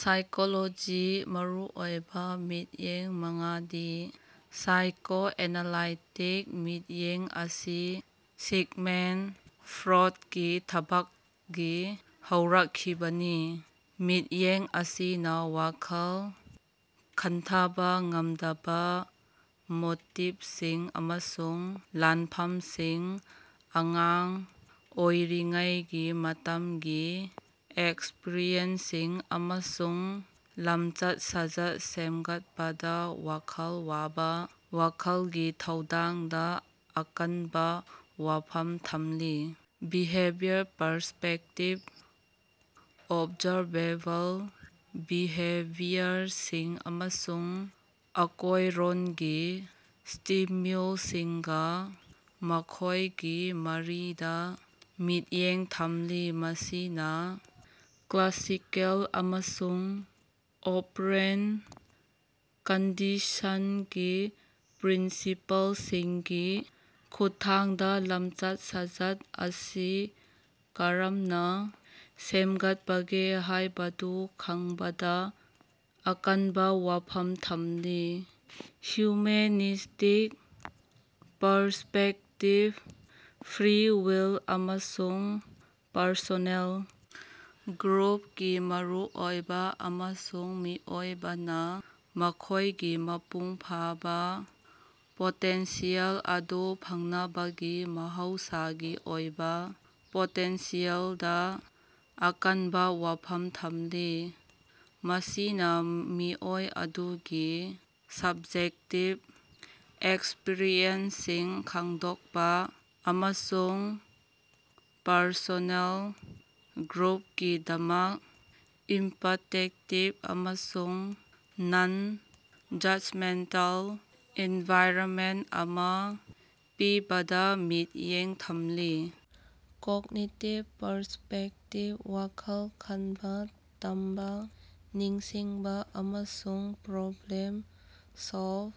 ꯁꯥꯏꯀꯣꯂꯣꯖꯤꯒꯤ ꯃꯔꯨꯑꯣꯏꯕ ꯃꯤꯠꯌꯦꯡ ꯃꯉꯥꯗꯤ: ꯁꯥꯏꯀꯣꯑꯦꯅꯥꯂꯥꯏꯇꯤꯛ ꯃꯤꯠꯌꯦꯡ ꯑꯁꯤ ꯁꯤꯒꯃꯟꯗ ꯐ꯭ꯔꯣꯗꯀꯤ ꯊꯕꯛꯇꯒꯤ ꯍꯧꯔꯛꯈꯤꯕꯅꯤ, ꯃꯤꯠꯌꯦꯡ ꯑꯁꯤꯅ ꯋꯥꯈꯜ ꯈꯟꯊꯕ ꯉꯝꯗꯕ ꯃꯣꯇꯤꯕꯁꯤꯡ ꯑꯃꯁꯨꯡ ꯂꯥꯟꯐꯝꯁꯤꯡ, ꯑꯉꯥꯡ ꯑꯣꯏꯔꯤꯉꯩꯒꯤ ꯃꯇꯝꯒꯤ ꯑꯦꯛꯁꯄꯔꯤꯌꯦꯟꯁꯁꯤꯡ, ꯑꯃꯁꯨꯡ ꯂꯝꯆꯠ-ꯁꯥꯖꯠ ꯁꯦꯝꯒꯠꯄꯗ ꯋꯥꯈꯜ ꯋꯥꯕ ꯋꯥꯈꯜꯒꯤ ꯊꯧꯗꯥꯡꯗ ꯑꯀꯟꯕ ꯋꯥꯐꯝ ꯊꯝꯂꯤ꯫ ꯕꯤꯍꯦꯕꯤꯌꯔꯜ ꯄꯔꯁ꯭ꯄꯦꯛꯇꯤꯚ ꯑꯣꯕꯖꯥꯔꯕꯦꯕꯜ ꯕꯤꯍꯦꯕꯤꯌꯔꯁꯤꯡ ꯑꯃꯁꯨꯡ ꯑꯀꯣꯏꯔꯣꯟꯒꯤ ꯁ꯭ꯇꯤꯃ꯭ꯌꯨꯜꯁꯤꯡꯒꯥ ꯃꯈꯣꯏꯒꯤ ꯃꯔꯤꯗ ꯃꯤꯠꯌꯦꯡ ꯊꯝꯂꯤ꯫ ꯃꯁꯤꯅ ꯀ꯭ꯂꯥꯁꯤꯀꯦꯜ ꯑꯃꯁꯨꯡ ꯑꯣꯄꯔꯦꯟꯇ ꯀꯟꯗꯤꯁꯟꯒꯤ ꯄ꯭ꯔꯤꯟꯁꯤꯄꯜꯁꯤꯡꯒꯤ ꯈꯨꯠꯊꯥꯡꯗ ꯂꯝꯆꯠ-ꯁꯥꯖꯠ ꯑꯁꯤ ꯀꯔꯝꯅ ꯁꯦꯝꯒꯠꯄꯒꯦ ꯍꯥꯏꯕꯗꯨ ꯈꯪꯕꯗ ꯑꯀꯟꯕ ꯋꯥꯐꯝ ꯊꯝꯂꯤ꯫ ꯍ꯭ꯌꯨꯃꯦꯅꯤꯁ꯭ꯇꯤꯛ ꯄꯔꯁ꯭ꯄꯦꯛꯇꯤꯕ ꯐ꯭ꯔꯤ ꯋꯤꯜ ꯑꯃꯁꯨꯡ ꯄꯔꯁꯣꯅꯦꯜ ꯒ꯭ꯔꯣꯊꯀꯤ ꯃꯔꯨꯑꯣꯏꯕ, ꯑꯃꯁꯨꯡ ꯃꯤꯑꯣꯏꯕꯅ ꯃꯈꯣꯏꯒꯤ ꯃꯄꯨꯡ ꯐꯥꯕ ꯄꯣꯇꯦꯟꯁꯤꯌꯦꯜ ꯑꯗꯨ ꯐꯪꯅꯕꯒꯤ ꯃꯍꯧꯁꯥꯒꯤ ꯑꯣꯏꯕ ꯄꯣꯇꯦꯟꯁꯤꯌꯦꯜꯗ ꯑꯀꯟꯕ ꯋꯥꯐꯝ ꯊꯝꯂꯤ꯫ ꯃꯁꯤꯅ ꯃꯤꯑꯣꯏ ꯑꯗꯨꯒꯤ ꯁꯕ꯭ꯖꯦꯛꯇꯤꯕ ꯑꯦꯛꯁꯄꯤꯔꯤꯑꯦꯟꯁꯁꯤꯡ ꯈꯪꯗꯣꯛꯄ ꯑꯃꯁꯨꯡ ꯄꯔꯁꯣꯅꯦꯜ ꯒ꯭ꯔꯣꯊꯀꯤꯗꯃꯛ ꯏꯝꯄꯥꯇꯦꯇꯤꯕ ꯑꯃꯁꯨꯡ ꯅꯟ-ꯖꯖꯃꯦꯟꯇꯦꯜ ꯑꯦꯟꯚꯥꯏꯔꯅꯃꯦꯟꯇ ꯑꯃ ꯄꯤꯕꯗ ꯃꯤꯠꯌꯦꯡ ꯊꯝꯂꯤ꯫ ꯀꯣꯒꯅꯤꯇꯤꯕ ꯄꯔꯁ꯭ꯄꯦꯛꯇꯤꯕ ꯋꯥꯈꯜ ꯈꯟꯕ, ꯇꯝꯕ, ꯅꯤꯡꯁꯤꯡꯕ, ꯑꯃꯁꯨꯡ ꯄ꯭ꯔꯣꯕ꯭ꯂꯦꯝ ꯁꯣꯜꯕ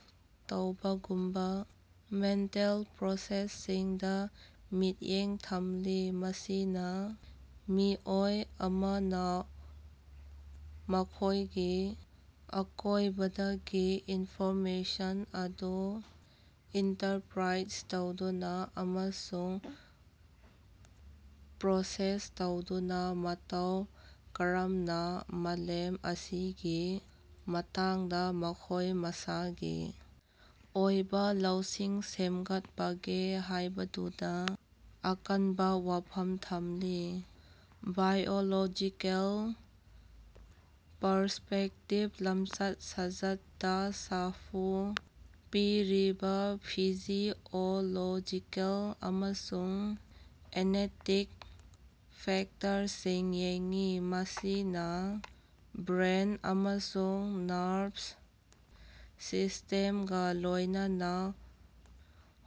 ꯇꯧꯕꯒꯨꯝꯕ ꯃꯦꯟꯇꯦꯜ ꯄ꯭ꯔꯣꯁꯦꯁꯁꯤꯡꯗ ꯃꯤꯠꯌꯦꯡ ꯊꯝꯂꯤ꯫ ꯃꯁꯤꯅ ꯃꯤꯑꯣꯏ ꯑꯃꯅ ꯃꯈꯣꯏꯒꯤ ꯑꯀꯣꯏꯕꯗꯒꯤ ꯏꯟꯐꯣꯔꯃꯦꯁꯟ ꯑꯗꯨ ꯏꯟꯇꯔꯄ꯭ꯔꯥꯏꯖ ꯇꯧꯗꯨꯅ ꯑꯃꯁꯨꯡ ꯄ꯭ꯔꯣꯁꯦꯁ ꯇꯧꯗꯨꯅ ꯃꯇꯧ ꯀꯔꯝꯅ ꯃꯥꯂꯦꯝ ꯑꯁꯤꯒꯤ ꯃꯇꯥꯡꯗ ꯃꯈꯣꯏ ꯃꯁꯥꯒꯤ ꯑꯣꯏꯕ ꯂꯧꯁꯤꯡ ꯁꯦꯝꯒꯠꯄꯒꯦ ꯍꯥꯏꯕꯗꯨꯗ ꯑꯀꯟꯕ ꯋꯥꯐꯝ ꯊꯝꯂꯤ꯫ ꯕꯥꯏꯑꯣꯂꯣꯖꯤꯀꯦꯜ ꯄꯔꯁ꯭ꯄꯦꯛꯇꯤꯚ ꯂꯝꯆꯠ-ꯁꯥꯖꯠꯇ ꯁꯥꯐꯨ ꯄꯤꯔꯤꯕ ꯐꯤꯖꯤꯑꯣꯂꯣꯖꯤꯀꯦꯜ ꯑꯃꯁꯨꯡ ꯖꯦꯅꯦꯇꯤꯛ ꯐꯦꯛꯇꯔꯁꯤꯡ ꯌꯦꯡꯏ꯫ ꯃꯁꯤꯅ ꯕ꯭ꯔꯦꯟ ꯑꯃꯁꯨꯡ ꯅꯔꯚꯁ ꯁꯤꯁꯇꯦꯝꯒ ꯂꯣꯏꯅꯅ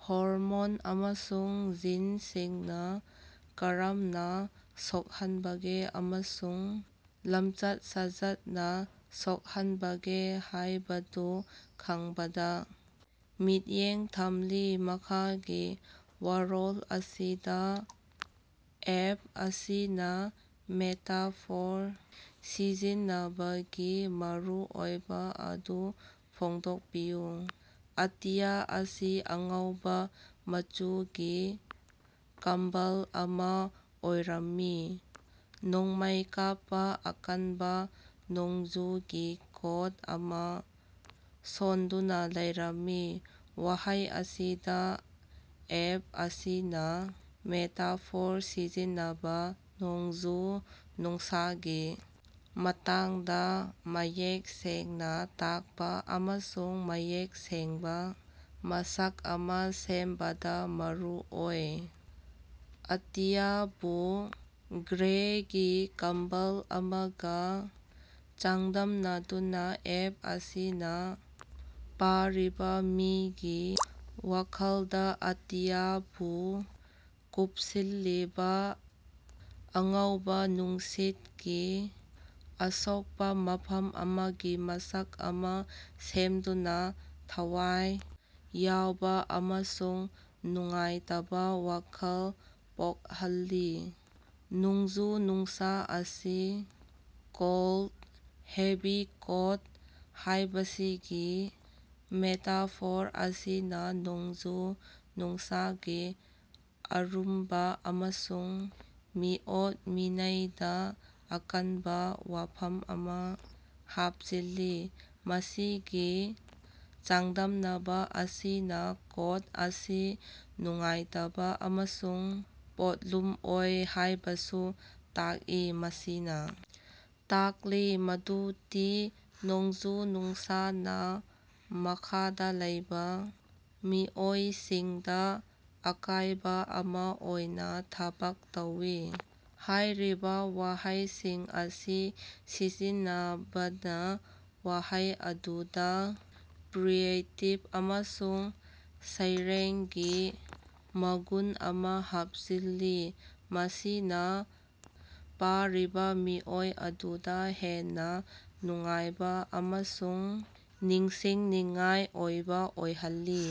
ꯍꯣꯔꯃꯣꯟ ꯑꯃꯁꯨꯡ ꯖꯤꯟꯁꯤꯡꯅ ꯀꯔꯝꯅ ꯁꯣꯛꯍꯟꯕꯒꯦ ꯑꯃꯁꯨꯡ ꯂꯝꯆꯠ-ꯁꯥꯖꯠꯅ ꯁꯣꯛꯍꯟꯕꯒꯦ ꯍꯥꯏꯕꯗꯨ ꯈꯪꯕꯗ ꯃꯤꯠꯌꯦꯡ ꯊꯝꯂꯤ꯫ ꯃꯈꯥꯒꯤ ꯋꯥꯔꯣꯜ ꯑꯁꯤꯗ ꯑꯏꯕ ꯑꯁꯤꯅ ꯃꯦꯇꯥꯐꯣꯔ ꯁꯤꯖꯤꯟꯅꯕꯒꯤ ꯃꯔꯨꯑꯣꯏꯕ ꯑꯗꯨ ꯐꯣꯡꯗꯣꯛꯄꯤꯌꯨ꯫ "ꯑꯇꯤꯌꯥ ꯑꯁꯤ ꯑꯉꯧꯕ ꯃꯆꯨꯒꯤ ꯀꯝꯕꯜ ꯑꯃ ꯑꯣꯏꯔꯝꯃꯤ, ꯅꯣꯡꯃꯩ ꯀꯥꯞꯄ, ꯑꯀꯟꯕ ꯅꯣꯡꯖꯨꯒꯤ ꯀꯣꯠ ꯑꯃ ꯁꯣꯟꯗꯨꯅ ꯂꯩꯔꯝꯃꯤ꯫"ꯋꯥꯍꯩ ꯑꯁꯤꯗ ꯑꯏꯕ ꯑꯁꯤꯅ ꯃꯦꯇꯥꯐꯣꯔ ꯁꯤꯖꯤꯟꯅꯕꯅ ꯅꯣꯡꯖꯨ-ꯅꯨꯡꯁꯥꯒꯤ ꯃꯇꯥꯡꯗ ꯃꯌꯦꯛ ꯁꯦꯡꯅ ꯇꯥꯛꯄ ꯑꯃꯁꯨꯡ ꯃꯌꯦꯛ ꯁꯦꯡꯕ ꯃꯁꯛ ꯑꯃ ꯁꯦꯝꯕꯗ ꯃꯔꯨ ꯑꯣꯏ꯫ ꯑꯇꯤꯌꯥꯕꯨ "ꯒ꯭ꯔꯦꯒꯤ ꯀꯝꯕꯜ" ꯑꯃꯒ ꯆꯥꯡꯗꯝꯅꯗꯨꯅ ꯑꯏꯕ ꯑꯁꯤꯅ ꯄꯥꯔꯤꯕ ꯃꯤꯒꯤ ꯋꯥꯈꯜꯗ ꯑꯇꯤꯌꯥꯕꯨ ꯀꯨꯞꯁꯤꯜꯂꯤꯕ ꯑꯉꯧꯕ ꯅꯨꯡꯁꯤꯠꯀꯤ ꯑꯁꯣꯛꯄ ꯃꯐꯝ ꯑꯃꯒꯤ ꯃꯁꯛ ꯑꯃ ꯁꯦꯝꯗꯨꯅ, ꯊꯋꯥꯏ ꯌꯥꯎꯕ ꯑꯃꯁꯨꯡ ꯅꯨꯡꯉꯥꯏꯇꯕ ꯋꯥꯈꯜ ꯄꯣꯛꯍꯜꯂꯤ꯫ ꯅꯣꯡꯖꯨ-ꯅꯨꯡꯁꯥ ꯑꯁꯤ "ꯀꯣꯜꯗ, ꯍꯦꯚꯤ ꯀꯣꯠ" ꯍꯥꯏꯕꯁꯤꯒꯤ ꯃꯦꯇꯥꯐꯣꯔ ꯑꯁꯤꯅ ꯅꯣꯡꯖꯨ-ꯅꯨꯡꯁꯥꯒꯤ ꯑꯔꯨꯝꯕ ꯑꯃꯁꯨꯡ ꯃꯤꯑꯣꯠ-ꯃꯤꯅꯩꯗ ꯑꯀꯟꯕ ꯋꯥꯐꯝ ꯑꯃ ꯍꯥꯞꯆꯤꯜꯂꯤ꯫ ꯃꯁꯤꯒꯤ ꯆꯥꯡꯗꯝꯅꯕ ꯑꯁꯤꯅ ꯀꯣꯠ ꯑꯁꯤ ꯅꯨꯡꯉꯥꯏꯇꯕ ꯑꯃꯁꯨꯡ ꯄꯣꯠꯂꯨꯝ ꯑꯣꯏ ꯍꯥꯏꯕꯁꯨ ꯇꯥꯛꯏ, ꯃꯁꯤꯅ ꯇꯥꯛꯂꯤ ꯃꯗꯨꯗꯤ ꯅꯣꯡꯖꯨ-ꯅꯨꯡꯁꯥꯅ ꯃꯈꯥꯗ ꯂꯩꯕ ꯃꯤꯑꯣꯏꯁꯤꯡꯗ ꯑꯀꯥꯏꯕ ꯑꯃ ꯑꯣꯏꯅ ꯊꯕꯛ ꯇꯧꯏ꯫ ꯍꯥꯏꯔꯤꯕ ꯋꯥꯍꯩꯁꯤꯡ ꯑꯁꯤ ꯁꯤꯖꯤꯟꯅꯕꯅ ꯋꯥꯍꯩ ꯑꯗꯨꯗ ꯀ꯭ꯔꯤꯌꯦꯇꯤꯕ ꯑꯃꯁꯨꯡ ꯁꯩꯔꯦꯡꯒꯤ ꯃꯒꯨꯟ ꯑꯃ ꯍꯥꯞꯆꯤꯜꯂꯤ, ꯃꯁꯤꯅ ꯄꯥꯔꯤꯕ ꯃꯤꯑꯣꯏ ꯑꯗꯨꯗ ꯍꯦꯟꯅ ꯅꯨꯡꯉꯥꯏꯕ ꯑꯃꯁꯨꯡ ꯅꯤꯡꯁꯤꯡꯅꯤꯡꯉꯥꯏ ꯑꯣꯏꯕ ꯑꯣꯏꯍꯜꯂꯤ꯫